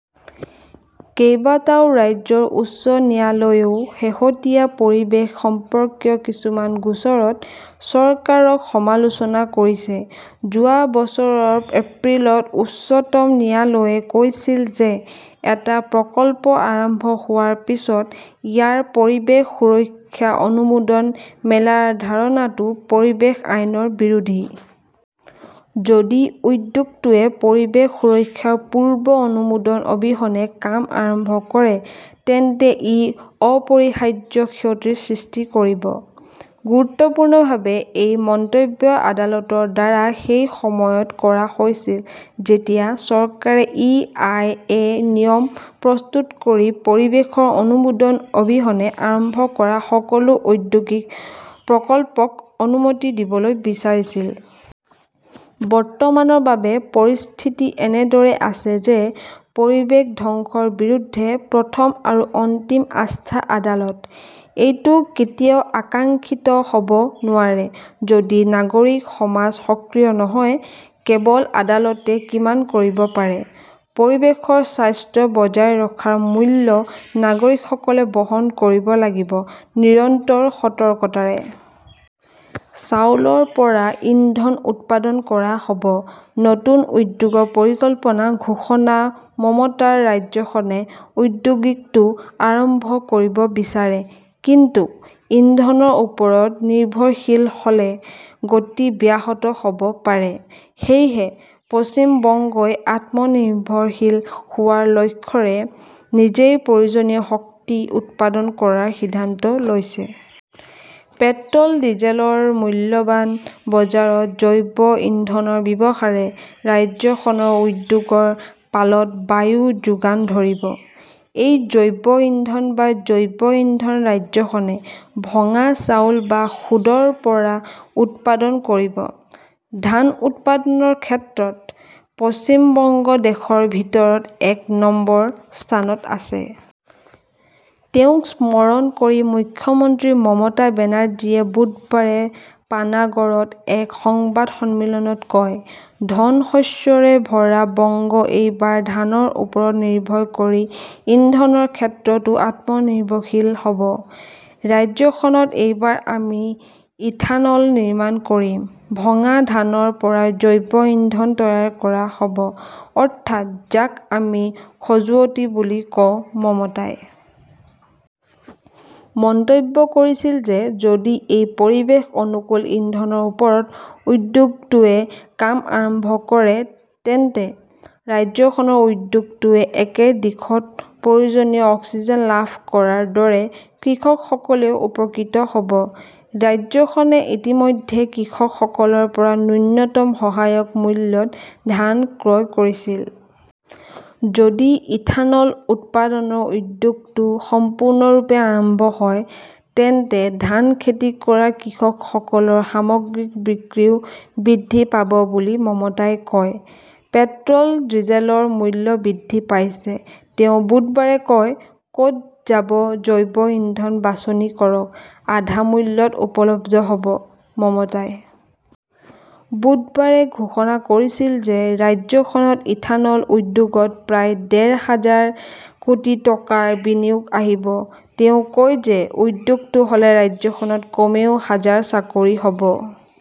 কেইবাটাও ৰাজ্যৰ উচ্চ ন্যায়ালয়েও শেহতীয়া পৰিৱেশ সম্পৰ্কীয় কিছুমান গোচৰত চৰকাৰক সমালোচনা কৰিছে। যোৱা বছৰৰ এপ্ৰিলত উচ্চতম ন্যায়ালয়ে কৈছিল যে এটা প্ৰকল্প আৰম্ভ হোৱাৰ পিছত ইয়াৰ পৰিৱেশ সুৰক্ষা অনুমোদন মেলাৰ ধাৰণাটো পৰিৱেশ আইনৰ বিৰোধী। যদি উদ্যোগটোৱে পৰিৱেশ সুৰক্ষাৰ পূৰ্ব অনুমোদন অবিহনে কাম আৰম্ভ কৰে তেন্তে ই অপৰিহাৰ্য ক্ষতিৰ সৃষ্টি কৰিব। গুৰুত্বপূৰ্ণভাৱে এই মন্তব্য আদালতৰ দ্বাৰা সেই সময়ত কৰা হৈছিল যেতিয়া চৰকাৰে ই. আই. এ. নিয়ম প্ৰস্তুত কৰি পৰিৱেশৰ অনুমোদন অবিহনে আৰম্ভ কৰা সকলো ঔদ্যোগিক প্ৰকল্পক অনুমতি দিবলৈ বিচাৰিছিল। বৰ্তমানৰ বাবে পৰিস্থিতি এনেদৰে আছে যে পৰিৱেশ ধ্বংসৰ বিৰুদ্ধে প্ৰথম আৰু অন্তিম আস্থা আদালত। এইটো কেতিয়াও আকাংক্ষিত হ'ব নোৱাৰে। যদি নাগৰিক সমাজ সক্ৰিয় নহয়, কেৱল আদালতে কিমান কৰিব পাৰে? পৰিৱেশৰ স্বাস্থ্য বজাই ৰখাৰ মূল্য নাগৰিকসকলে বহন কৰিব লাগিব নিৰন্তৰ সতৰ্কতাৰে। চাউলৰ পৰা ইন্ধন উৎপাদন কৰা হ'ব, নতুন উদ্যোগৰ পৰিকল্পনা ঘোষণা মমতাৰ ৰাজ্যখনে উদ্যোগটো আৰম্ভ কৰিব বিচাৰে। কিন্তু ইন্ধনৰ ওপৰত নিৰ্ভৰশীল হ'লে গতি ব্যাহত হ'ব পাৰে। সেয়েহে পশ্চিম বংগই আত্মনিৰ্ভৰশীল হোৱাৰ লক্ষ্যৰে নিজেই প্ৰয়োজনীয় শক্তি উৎপাদন কৰাৰ সিদ্ধান্ত লৈছে। পেট্ৰ'ল, ডিজেলৰ মূল্যৱান বজাৰত জৈৱ ইন্ধনৰ ব্যৱহাৰে ৰাজ্যখনৰ উদ্যোগৰ পালত বায়ু যোগান ধৰিব। এই জৈৱ ইন্ধন বা জৈৱ ইন্ধন ৰাজ্যখনে ভঙা চাউল বা খুডৰ পৰা উৎপাদন কৰিব। ধান উৎপাদনৰ ক্ষেত্ৰত পশ্চিম বংগ দেশৰ ভিতৰত এক নম্বৰ স্থানত আছে। তেওঁক স্মৰণ কৰি মুখ্যমন্ত্ৰী মমতা বেনাৰ্জীয়ে বুধবাৰে পানাগড়ত এক সংবাদ সন্মিলনত কয়, ধন শস্যৰে ভৰা বংগ এইবাৰ ধানৰ ওপৰত নিৰ্ভৰ কৰি ইন্ধনৰ ক্ষেত্ৰতো আত্মনিৰ্ভৰশীল হ'ব। ৰাজ্যখনত এইবাৰ আমি ইথানল নিৰ্মাণ কৰিম। ভঙা ধানৰ পৰা জৈৱ ইন্ধন তৈয়াৰ কৰা হ 'ব, অৰ্থাৎ যাক আমি খজুৱতি বুলি কওঁ। মমতাই মন্তব্য কৰিছিল যে যদি এই পৰিৱেশ অনুকূল ইন্ধনৰ ওপৰত উদ্যোগটোৱে কাম আৰম্ভ কৰে তেন্তে ৰাজ্যখনৰ উদ্যোগটোৱে একে দিশত প্ৰয়োজনীয় অক্সিজেন লাভ কৰাৰ দৰে কৃষকসকলেও উপকৃত হ'ব। ৰাজ্যখনে ইতিমধ্যে কৃষকসকলৰ পৰা ন্যূনতম সহায়ক মূল্যত ধান ক্ৰয় কৰিছিল। যদি ইথানল উৎপাদন উদ্যোগটো সম্পূৰ্ণৰূপে আৰম্ভ হয়, তেন্তে ধান খেতি কৰা কৃষকসকলৰ সামগ্ৰীৰ বিক্ৰীও বৃদ্ধি পাব বুলি মমতাই কয়। পেট্ৰ'ল, ডিজেলৰ মূল্য বৃদ্ধি পাইছে, তেওঁ বুধবাৰে কয়। ক'ত যাব, জৈৱ ইন্ধন বাছনি কৰক। আধা মূল্যত উপলব্ধ হ'ব। মমতাই বুধবাৰে ঘোষণা কৰিছিল যে ৰাজ্যখনত ইথানল উদ্যোগত প্ৰায় ডেৰ হাজাৰ কোটি টকাৰ বিনিয়োগ আহিব। তেওঁ কয় যে উদ্যোগটো হ'লে ৰাজ্যখনত কমেও হাজাৰ চাকৰি হ'ব।